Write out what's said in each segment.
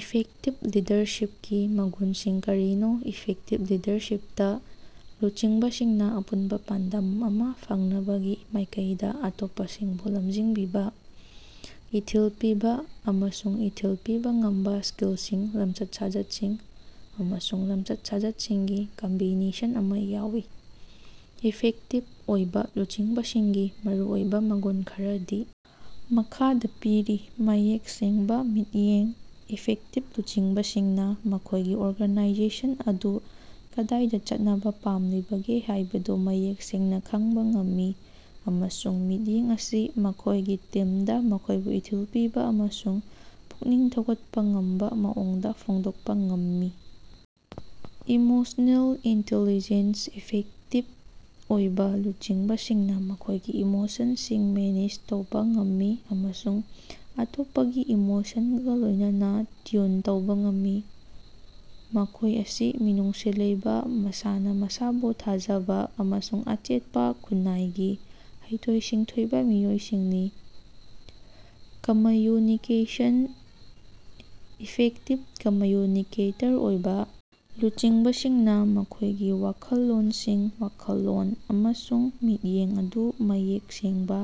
Effective ꯂꯤꯗꯔꯁꯤꯄꯀꯤ ꯃꯒꯨꯟꯁꯤꯡ ꯀꯔꯤꯅꯣ? ꯏꯐꯦꯛꯇꯤꯕ ꯂꯤꯗꯔꯁꯤꯄꯇꯥ ꯂꯨꯆꯤꯡꯕꯁꯤꯡꯅꯥ ꯑꯄꯨꯟꯕꯥ ꯄꯥꯟꯗꯝ ꯑꯃꯥ ꯐꯪꯅꯕꯒꯤ ꯃꯥꯏꯀꯩꯗꯥ ꯑꯇꯣꯞꯄꯁꯤꯡꯕꯨ ꯂꯝꯖꯤꯡꯕꯤꯕꯥ, ꯏꯊꯤꯜ ꯄꯤꯕꯥ ꯑꯃꯁꯨꯡ ꯏꯊꯤꯜ ꯄꯤꯕꯥ ꯉꯝꯕꯥ ꯁ꯭ꯀꯤꯜꯁꯤꯡ, ꯂꯝꯆꯠ-ꯁꯥꯖꯠꯁꯤꯡ ꯑꯃꯁꯨꯡ ꯂꯝꯆꯠ-ꯁꯥꯖꯠꯁꯤꯡꯒꯤ ꯀꯝꯕꯤꯅꯦꯁꯟ ꯑꯃꯥ ꯌꯥꯎꯏ꯫ ꯏꯐꯦꯛꯇꯤꯕ ꯑꯣꯏꯕꯥ ꯂꯨꯆꯤꯡꯕꯁꯤꯡꯒꯤ ꯃꯔꯨꯑꯣꯏꯕꯥ ꯃꯒꯨꯟ ꯈꯔꯗꯤ ꯃꯈꯥꯗꯥ ꯄꯤꯔꯤ: ꯃꯌꯦꯛ ꯁꯦꯡꯕꯥ ꯃꯤꯠꯌꯦꯡ: ꯏꯐꯦꯛꯇꯤꯕ ꯂꯨꯆꯤꯡꯕꯁꯤꯡꯅꯥ ꯃꯈꯣꯏꯒꯤ ꯑꯣꯔꯒꯅꯥꯏꯖꯦꯁꯟ ꯑꯗꯨ ꯀꯗꯥꯏꯗꯥ ꯆꯠꯅꯕꯥ ꯄꯥꯝꯂꯤꯕꯒꯦ ꯍꯥꯏꯕꯗꯨ ꯃꯌꯦꯛ ꯁꯦꯡꯅꯥ ꯈꯪꯕꯥ ꯉꯝꯃꯤ ꯑꯃꯁꯨꯡ ꯃꯤꯠꯌꯦꯡ ꯑꯁꯤ ꯃꯈꯣꯏꯒꯤ ꯇꯤꯝꯗꯥ ꯃꯈꯣꯏꯕꯨ ꯏꯊꯤꯜ ꯄꯤꯕꯥ ꯑꯃꯁꯨꯡ ꯄꯨꯛꯅꯤꯡ ꯊꯧꯒꯠꯄꯥ ꯉꯝꯕꯥ ꯃꯑꯣꯡꯗꯥ ꯐꯣꯡꯗꯣꯛꯄꯥ ꯉꯝꯃꯤ꯫ ꯏꯃꯣꯁꯅꯦꯜ ꯏꯟꯇꯦꯂꯤꯖꯦꯟꯁ: ꯏꯐꯦꯛꯇꯤꯕ ꯑꯣꯏꯕꯥ ꯂꯨꯆꯤꯡꯕꯁꯤꯡꯅꯥ ꯃꯈꯣꯏꯒꯤ ꯏꯃꯣꯁꯟꯁꯤꯡ ꯃꯦꯅꯦꯖ ꯇꯧꯕꯥ ꯉꯝꯃꯤ ꯑꯃꯁꯨꯡ ꯑꯇꯣꯞꯄꯒꯤ ꯏꯃꯣꯁꯟꯒꯥ ꯂꯣꯏꯅꯅꯥ ꯇ꯭ꯌꯨꯟ ꯇꯧꯕꯥ ꯉꯝꯃꯤ꯫ ꯃꯈꯣꯏ ꯑꯁꯤ ꯃꯤꯅꯨꯡꯁꯤ ꯂꯩꯕꯥ, ꯃꯁꯥꯅꯥ ꯃꯁꯥꯕꯨ ꯊꯥꯖꯕꯥ ꯑꯃꯁꯨꯡ ꯑꯆꯦꯠꯄꯥ ꯈꯨꯟꯅꯥꯏꯒꯤ ꯍꯩꯊꯣꯏ-ꯁꯤꯡꯊꯣꯏꯕꯥ ꯃꯤꯑꯣꯏꯁꯤꯡꯅꯤ꯫ ꯀꯝꯃꯌꯨꯅꯤꯀꯦꯁꯟ: ꯏꯐꯦꯛꯇꯤꯕ ꯀꯝꯃꯌꯨꯅꯤꯀꯦꯇꯔ ꯑꯣꯏꯕꯥ ꯂꯨꯆꯤꯡꯕꯁꯤꯡꯅꯥ ꯃꯈꯣꯏꯒꯤ ꯋꯥꯈꯜꯂꯣꯟꯁꯤꯡ, ꯋꯥꯈꯜꯂꯣꯟ ꯑꯃꯁꯨꯡ ꯃꯤꯠꯌꯦꯡ ꯑꯗꯨ ꯃꯌꯦꯛ ꯁꯦꯡꯕꯥ,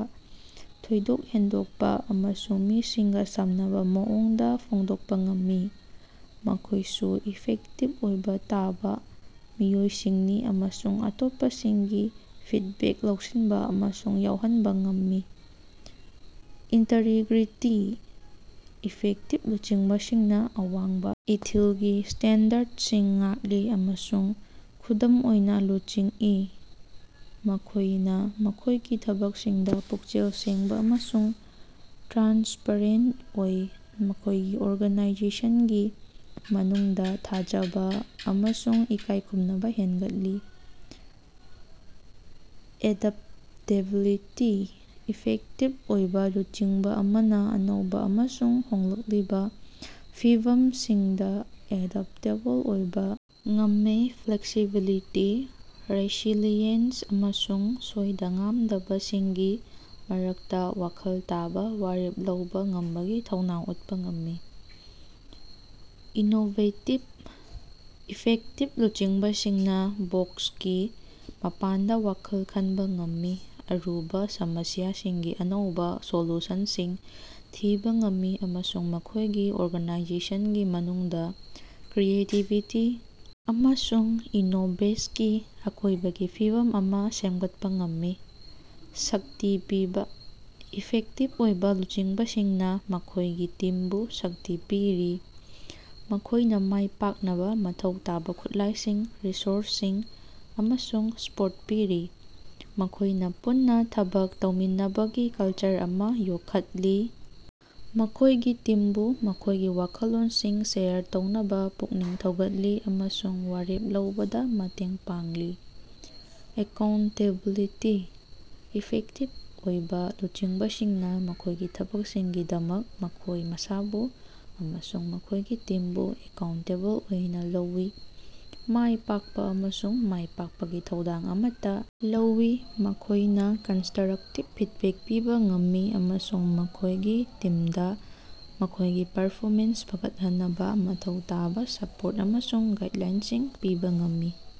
ꯊꯣꯏꯗꯣꯛ ꯍꯦꯟꯗꯣꯛꯄꯥ ꯑꯃꯁꯨꯡ ꯃꯤꯁꯤꯡꯒꯥ ꯁꯝꯅꯕꯥ ꯃꯑꯣꯡꯗꯥ ꯐꯣꯡꯗꯣꯛꯄꯥ ꯉꯝꯃꯤ꯫ ꯃꯈꯣꯏꯁꯨ ꯏꯐꯦꯛꯇꯤꯕ ꯑꯣꯏꯕꯥ ꯇꯥꯕꯥ ꯃꯤꯑꯣꯏꯁꯤꯡꯅꯤ ꯑꯃꯁꯨꯡ ꯑꯇꯣꯞꯄꯁꯤꯡꯒꯤ ꯐꯤꯗꯕꯦꯛ ꯂꯧꯁꯤꯟꯕꯥ ꯑꯃꯁꯨꯡ ꯌꯥꯎꯍꯟꯕꯥ ꯉꯝꯃꯤ꯫ ꯏꯟꯇꯔꯤꯒ꯭ꯔꯤꯇꯤ: ꯏꯐꯦꯛꯇꯤꯕ ꯂꯨꯆꯤꯡꯕꯁꯤꯡꯅꯥ ꯑꯋꯥꯡꯕꯥ ꯏꯊꯤꯜꯒꯤ ꯁ꯭ꯇꯦꯟꯗꯔꯗꯁꯤꯡ ꯉꯥꯛꯂꯤ ꯑꯃꯁꯨꯡ ꯈꯨꯗꯝ ꯑꯣꯏꯅꯥ ꯂꯨꯆꯤꯡꯏ꯫ ꯃꯈꯣꯏꯅꯥ ꯃꯈꯣꯏꯒꯤ ꯊꯕꯛꯁꯤꯡꯗꯥ ꯄꯨꯛꯆꯦꯜ ꯁꯦꯡꯕꯥ ꯑꯃꯁꯨꯡ ꯇ꯭ꯔꯥꯟꯁꯄꯔꯦꯟꯇ ꯑꯣꯏ, ꯃꯈꯣꯏꯒꯤ ꯑꯣꯔꯒꯅꯥꯏꯖꯦꯁꯟꯒꯤ ꯃꯅꯨꯡꯗꯥ ꯊꯥꯖꯕꯥ ꯑꯃꯁꯨꯡ ꯏꯀꯥꯏꯈꯨꯝꯅꯕꯥ ꯍꯦꯟꯒꯠꯍꯜꯂꯤ꯫ ꯑꯦꯗꯞꯇꯦꯕꯤꯂꯤꯇꯤ: ꯏꯐꯦꯛꯇꯤꯕ ꯑꯣꯏꯕꯥ ꯂꯨꯆꯤꯡꯕꯥ ꯑꯃꯅꯥ ꯑꯅꯧꯕꯥ ꯑꯃꯁꯨꯡ ꯍꯣꯡꯂꯛꯂꯤꯕꯥ ꯐꯤꯚꯝꯁꯤꯡꯗꯥ ꯑꯦꯗꯞꯇꯦꯕꯜ ꯑꯣꯏꯕꯥ ꯉꯝꯃꯤ, ꯐ꯭ꯂꯦꯛꯁꯤꯕꯤꯂꯤꯇꯤ, ꯔꯦꯁꯤꯂꯤꯌꯦꯟꯁ ꯑꯃꯁꯨꯡ ꯁꯣꯏꯗ-ꯉꯥꯝꯗꯕꯁꯤꯡꯒꯤ ꯃꯔꯛꯇꯥ ꯋꯥꯈꯜ ꯇꯥꯕꯥ ꯋꯥꯔꯦꯞ ꯂꯧꯕꯥ ꯉꯝꯕꯒꯤ ꯊꯧꯅꯥ ꯎꯠꯄꯥ ꯉꯝꯃꯤ꯫ ꯏꯅꯣꯕꯦꯇꯤꯕ: ꯏꯐꯦꯛꯇꯤꯕ ꯂꯨꯆꯤꯡꯕꯁꯤꯡꯅꯥ ꯕꯣꯛꯁꯀꯤ ꯃꯄꯥꯟꯗꯥ ꯋꯥꯈꯜ ꯈꯟꯕꯥ ꯉꯝꯃꯤ, ꯑꯔꯨꯕꯥ ꯁꯃꯁ꯭ꯌꯥꯁꯤꯡꯒꯤ ꯑꯅꯧꯕꯥ ꯁꯣꯂꯨꯁꯟꯁꯤꯡ ꯊꯤꯕꯥ ꯉꯝꯃꯤ ꯑꯃꯁꯨꯡ ꯃꯈꯣꯏꯒꯤ ꯑꯣꯔꯒꯅꯥꯏꯖꯦꯁꯟꯒꯤ ꯃꯅꯨꯡꯗꯥ ꯀ꯭ꯔꯤꯌꯦꯇꯤꯕꯤꯇꯤ ꯑꯃꯁꯨꯡ ꯏꯅꯣꯕꯦꯁꯀꯤ ꯑꯀꯣꯏꯕꯒꯤ ꯐꯤꯕꯝ ꯑꯃꯥ ꯁꯦꯝꯒꯠꯄꯥ ꯉꯝꯃꯤ꯫ ꯁꯛꯇꯤ ꯄꯤꯕꯥ: ꯏꯐꯦꯛꯇꯤꯕ ꯑꯣꯏꯕꯥ ꯂꯨꯆꯤꯡꯕꯁꯤꯡꯅꯥ ꯃꯈꯣꯏꯒꯤ ꯇꯤꯝꯕꯨ ꯁꯛꯇꯤ ꯄꯤꯔꯤ, ꯃꯈꯣꯏꯅꯥ ꯃꯥꯏ ꯄꯥꯛꯅꯕꯥ ꯃꯊꯧ ꯇꯥꯕꯥ ꯈꯨꯠꯂꯥꯏꯁꯤꯡ, ꯔꯤꯁꯣꯔꯁꯁꯤꯡ ꯑꯃꯁꯨꯡ ꯁꯄꯣꯔꯠ ꯄꯤꯔꯤ꯫ ꯃꯈꯣꯏꯅꯥ ꯄꯨꯟꯅꯥ ꯊꯕꯛ ꯇꯧꯃꯤꯟꯅꯕꯒꯤ ꯀꯜꯆꯔ ꯑꯃꯥ ꯌꯣꯛꯈꯠꯂꯤ, ꯃꯈꯣꯏꯒꯤ ꯇꯤꯝꯕꯨ ꯃꯈꯣꯏꯒꯤ ꯋꯥꯈꯜꯂꯣꯟꯁꯤꯡ ꯁꯦꯌꯔ ꯇꯧꯅꯕꯥ ꯄꯨꯛꯅꯤꯡ ꯊꯧꯒꯠꯂꯤ ꯑꯃꯁꯨꯡ ꯋꯥꯔꯦꯞ ꯂꯧꯕꯗꯥ ꯃꯇꯦꯡ ꯄꯥꯡꯂꯤ꯫ ꯑꯦꯀꯥꯎꯟꯇꯦꯕꯤꯂꯤꯇꯤ: ꯏꯐꯦꯛꯇꯤꯕ ꯑꯣꯏꯕꯥ ꯂꯨꯆꯤꯡꯕꯁꯤꯡꯅꯥ ꯃꯈꯣꯏꯒꯤ ꯊꯕꯛꯁꯤꯡꯒꯤꯗꯃꯛ ꯃꯈꯣꯏ ꯃꯁꯥꯕꯨ ꯑꯃꯁꯨꯡ ꯃꯈꯣꯏꯒꯤ ꯇꯤꯝꯕꯨ ꯑꯦꯀꯥꯎꯟꯇꯦꯕꯜ ꯑꯣꯏꯅꯥ ꯂꯧꯏ, ꯃꯥꯏ ꯄꯥꯛꯄꯥ ꯑꯃꯁꯨꯡ ꯃꯥꯏꯄꯥꯛꯄꯒꯤ ꯊꯧꯗꯥꯡ ꯑꯃꯠꯇꯥ ꯂꯧꯏ꯫ ꯃꯈꯣꯏꯅꯥ ꯀꯟꯁꯇꯔꯛꯇꯤꯕ ꯐꯤꯗꯕꯦꯛ ꯄꯤꯕꯥ ꯉꯝꯃꯤ ꯑꯃꯁꯨꯡ ꯃꯈꯣꯏꯒꯤ ꯇꯤꯝꯗꯥ ꯃꯈꯣꯏꯒꯤ ꯄꯔꯐꯣꯃꯦꯟꯁ ꯐꯒꯠꯍꯟꯅꯕꯥ ꯃꯊꯧ ꯇꯥꯕꯥ ꯁꯄꯣꯔꯠ ꯑꯃꯁꯨꯡ ꯒꯥꯏꯗꯂꯥꯏꯟꯁꯤꯡ ꯄꯤꯕꯥ ꯉꯝꯃꯤ꯫